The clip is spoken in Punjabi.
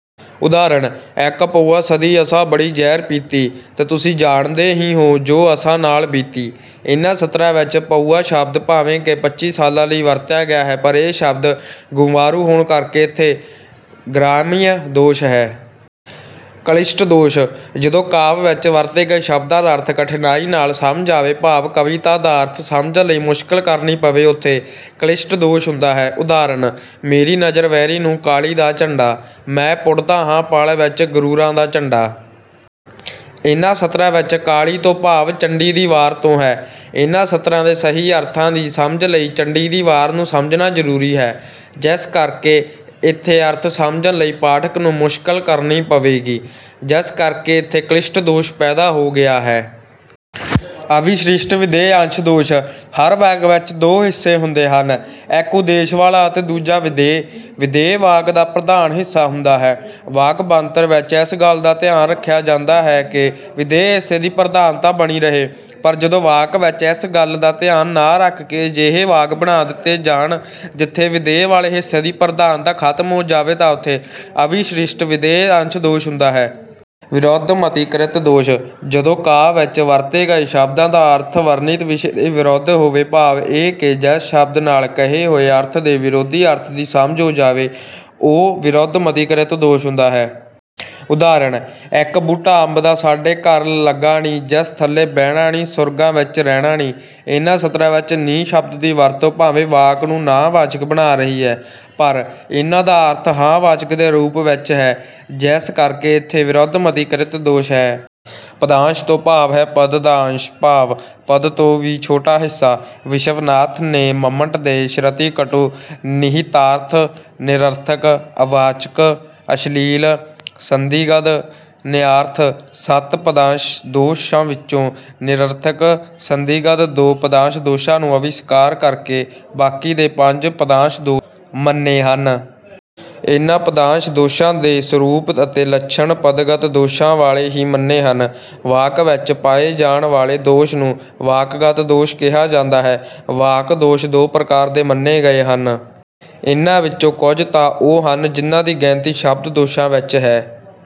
ਉਦਾਹਰਣ- ਇੱਕ ਪਊਆ ਸਦੀ ਅਸਾਂ ਬੜੀ ਜ਼ਹਿਰ ਪੀਤੀ, ਤੇ ਤੁਸੀਂ ਜਾਣਦੇ ਹੀ ਹੋ ਜੋ ਅਸਾਂ ਨਾਲ ਬੀਤੀ। ਇਨ੍ਹਾਂ ਸਤਰਾਂ ਵਿੱਚ 'ਪਊਆ' ਸ਼ਬਦ ਭਾਵੇਂ ਕਿ 'ਪੱਚੀ ਸਾਲਾਂ' ਲਈ ਵਰਤਿਆ ਗਿਆ ਹੈ ਪਰ ਇਹ ਸ਼ਬਦ ਗੰਵਾਰੂ ਹੋਣ ਕਰਕੇ ਇਥੇ ਗ੍ਰਾਮਯ ਦੋਸ਼ ਹੈ। ਕਲਿਸ਼ਟ ਦੋਸ਼: ਜਦੋਂ ਕਾਵਿ ਵਿੱਚ ਵਰਤੇ ਗਏ ਸ਼ਬਦਾਂ ਦਾ ਅਰਥ ਕਠਿਨਾਈ ਨਾਲ ਸਮਝ ਆਵੇ ਭਾਵ ਕਵਿਤਾ ਦਾ ਅਰਥ ਸਮਝਣ ਲਈ ਮੁਸ਼ਕਲ ਕਰਨੀ ਪਵੇ, ਉਥੇ ਕਲਿਸ਼ਟ ਦੋਸ਼ ਹੁੰਦਾ ਹੈ। ਉਦਾਹਰਣ- ਮੇਰੀ ਨਜ਼ਰ ਵੈਰੀ ਨੂੰ ਕਾਲੀ ਦਾ ਝੰਡਾ, ਮੈਂ ਪੁੱਟਦਾ ਹਾਂ ਪਲ ਵਿੱਚ ਗ਼ਰੂਰਾਂ ਦਾ ਝੰਡਾ। ਇਨ੍ਹਾਂ ਸਤਰਾਂ ਵਿੱਚ 'ਕਾਲੀ' ਤੋਂ ਭਾਵ 'ਚੰਡੀ ਦੀ ਵਾਰ' ਤੋਂ ਹੈ। ਇਨ੍ਹਾਂ ਸਤਰਾਂ ਦੇ ਸਹੀ ਅਰਥਾਂ ਦੀ ਸਮਝ ਲਈ ਚੰਡੀ ਦੀ ਵਾਰ ਨੂੰ ਸਮਝਣਾ ਜ਼ਰੂਰੀ ਹੈ ਜਿਸ ਕਰਕੇ ਇਥੇ ਅਰਥ ਸਮਝਣ ਲਈ ਪਾਠਕ ਨੂੰ ਮੁਸ਼ਕਲ ਕਰਨੀ ਪਵੇਗੀ, ਜਿਸ ਕਰਕੇ ਇਥੇ ਕਲਿਸ਼ਟ ਦੋਸ਼ ਪੈਦਾ ਹੋ ਗਿਆ ਹੈ। ਅਵਿਸ੍ਰਿਸ਼ਟਵਿਧੇਯ ਅੰਸ਼ ਦੋਸ਼: ਹਰ ਵਾਕ ਵਿੱਚ ਦੋ ਹਿੱਸੇ ਹੁੰਦੇ ਹਨ- ਇੱਕ ਉਦੇਸ਼ ਵਾਲਾ ਅਤੇ ਦੂਜਾ ਵਿਧੇਯ। ਵਿਧੇਯ ਵਾਕ ਦਾ ਪ੍ਰਧਾਨ ਹਿੱਸਾ ਹੁੰਦਾ ਹੈ। ਵਾਕ ਬਣਤਰ ਵਿੱਚ ਇਸ ਗੱਲ ਦਾ ਧਿਆਨ ਰੱਖਿਆ ਜਾਂਦਾ ਹੈ ਕਿ ਵਿਧੇਯ ਹਿੱਸੇ ਦੀ ਪ੍ਰਧਾਨਤਾ ਬਣੀ ਰਹੇ, ਪਰ ਜਦੋਂ ਵਾਕ ਵਿੱਚ ਇਸ ਗੱਲ ਦਾ ਧਿਆਨ ਨਾ ਰੱਖ ਕੇ ਅਜਿਹੇ ਵਾਕ ਬਣਾ ਦਿੱਤੇ ਜਾਣ ਜਿਥੇ ਵਿਧੇਯ ਵਾਲੇ ਹਿੱਸੇ ਦੀ ਪ੍ਰਧਾਨਤਾ ਖ਼ਤਮ ਹੋ ਜਾਵੇ ਤਾਂ ਉਥੇ ਅਵਿਸ੍ਰਿਸ਼ਟਵਿਧੇਯ ਅੰਸ਼ ਦੋਸ਼ ਹੁੰਦਾ ਹੈ। ਵਿਰੁੱਧਮਤੀਕ੍ਰਿਤ ਦੋਸ਼: ਜਦੋਂ ਕਾਵਿ ਵਿੱਚ ਵਰਤੇ ਗਏ ਸ਼ਬਦਾਂ ਦਾ ਅਰਥ ਵਰਣਿਤ ਵਿਸ਼ੇ ਦੇ ਵਿਰੁੱਧ ਹੋਵੇ ਭਾਵ ਇਹ ਕਿ ਜਿਸ ਸ਼ਬਦ ਨਾਲ ਕਹੇ ਹੋਏ ਅਰਥ ਦੇ ਵਿਰੋਧੀ ਅਰਥ ਦੀ ਸਮਝ ਹੋ ਜਾਵੇ ਉਹ ਵਿਰੁੱਧਮਤੀਕ੍ਰਿਤ ਦੋਸ਼ ਹੁੰਦਾ ਹੈ। ਉਦਾਹਰਣ- ਇਕ ਬੂਟਾ ਅੰਬਾ ਦਾ ਘਰ ਸਾਡੇ ਲਗਾ ਨੀ ਜਿਸ ਥਲੇ ਬਹਿਣਾ ਨੀ ਸੁਰਗਾ ਵਿੱਚ ਰਹਿਣਾ ਨੀ। ਇਨ੍ਹਾਂ ਸਤਰਾਂ ਵਿੱਚ 'ਨੀ' ਸ਼ਬਦ ਦੀ ਵਰਤੋਂ ਭਾਵੇਂ ਵਾਕ ਨੂੰ ਨਾਂਹ ਵਾਚਕ ਬਣਾ ਰਹੀ ਹੈ। ਪਰ ਇਨ੍ਹਾਂ ਦਾ ਅਰਥ ਹਾਂ-ਵਾਚਕ ਦੇ ਰੂਪ ਵਿੱਚ ਹੈ ਜਿਸ ਕਰਕੇ ਇਥੇ ਵਿਰੁੱਧਮਤੀਕ੍ਰਿਤ ਦੋਸ਼ ਹੈ। ਪਦਾਂਸ਼ ਤੋਂ ਭਾਵ ਹੈ ਪਦ ਦਾ ਅੰਸ਼ ਭਾਵ ਪਦ ਤੋਂ ਵੀ ਛੋਟਾ ਹਿੱਸਾ। ਵਿਸ਼ਵਨਾਥ ਨੇ ਮੰਮਟ ਦੇ ਸ਼੍ਰਤੀਕਟੁ, ਨਿਹਿਤਾਰਥ, ਨਿਰਰਥਕ, ਅਵਾਚਕ, ਅਸ਼ਲੀਲ, ਸੰਦਿਗਧ, ਨੇਯਾਰਥ- ਸੱਤ ਪਦਾਂਸ਼ ਦੋਸ਼ਾਂ ਵਿੱਚੋਂ ਨਿਰਰਥਕ, ਸੰਦਿਗਧ ਦੋ ਪਦਾਂਸ਼ ਦੋਸ਼ਾਂ ਨੂੰ ਅਸਵੀਕਾਰ ਕਰਕੇ ਬਾਕੀ ਦੇ ਪੰਜ 'ਪਦਾਂਸ਼ ਦੋਸ਼' ਮੰਨੇ ਹਨ। ਇਨ੍ਹਾਂ ਪਦਾਂਸ਼ ਦੋਸ਼ਾਂ ਦੇ ਸਰੂਪ ਅਤੇ ਲੱਛਣ ਪਦਗਤ ਦੋਸ਼ਾਂ ਵਾਲੇ ਹੀ ਮੰਨੇ ਹਨ। ਵਾਕ ਵਿੱਚ ਪਾਏ ਜਾਣ ਵਾਲੇ ਦੋਸ਼ ਨੂੰ ਵਾਕਗਤ ਦੋਸ਼ ਕਿਹਾ ਜਾਂਦਾ ਹੈ। ਵਾਕ ਦੋਸ਼ ਦੋ ਪ੍ਰਕਾਰ ਦੇ ਮੰਨੇ ਗਏ ਹਨ- ਇਨ੍ਹਾਂ ਵਿੱਚੋਂ ਕੁੱਝ ਤਾਂ ਉਹ ਹਨ ਜਿਨ੍ਹਾਂ ਦੀ ਗਿਣਤੀ ਸ਼ਬਦ ਦੋਸ਼ਾਂ ਵਿੱਚ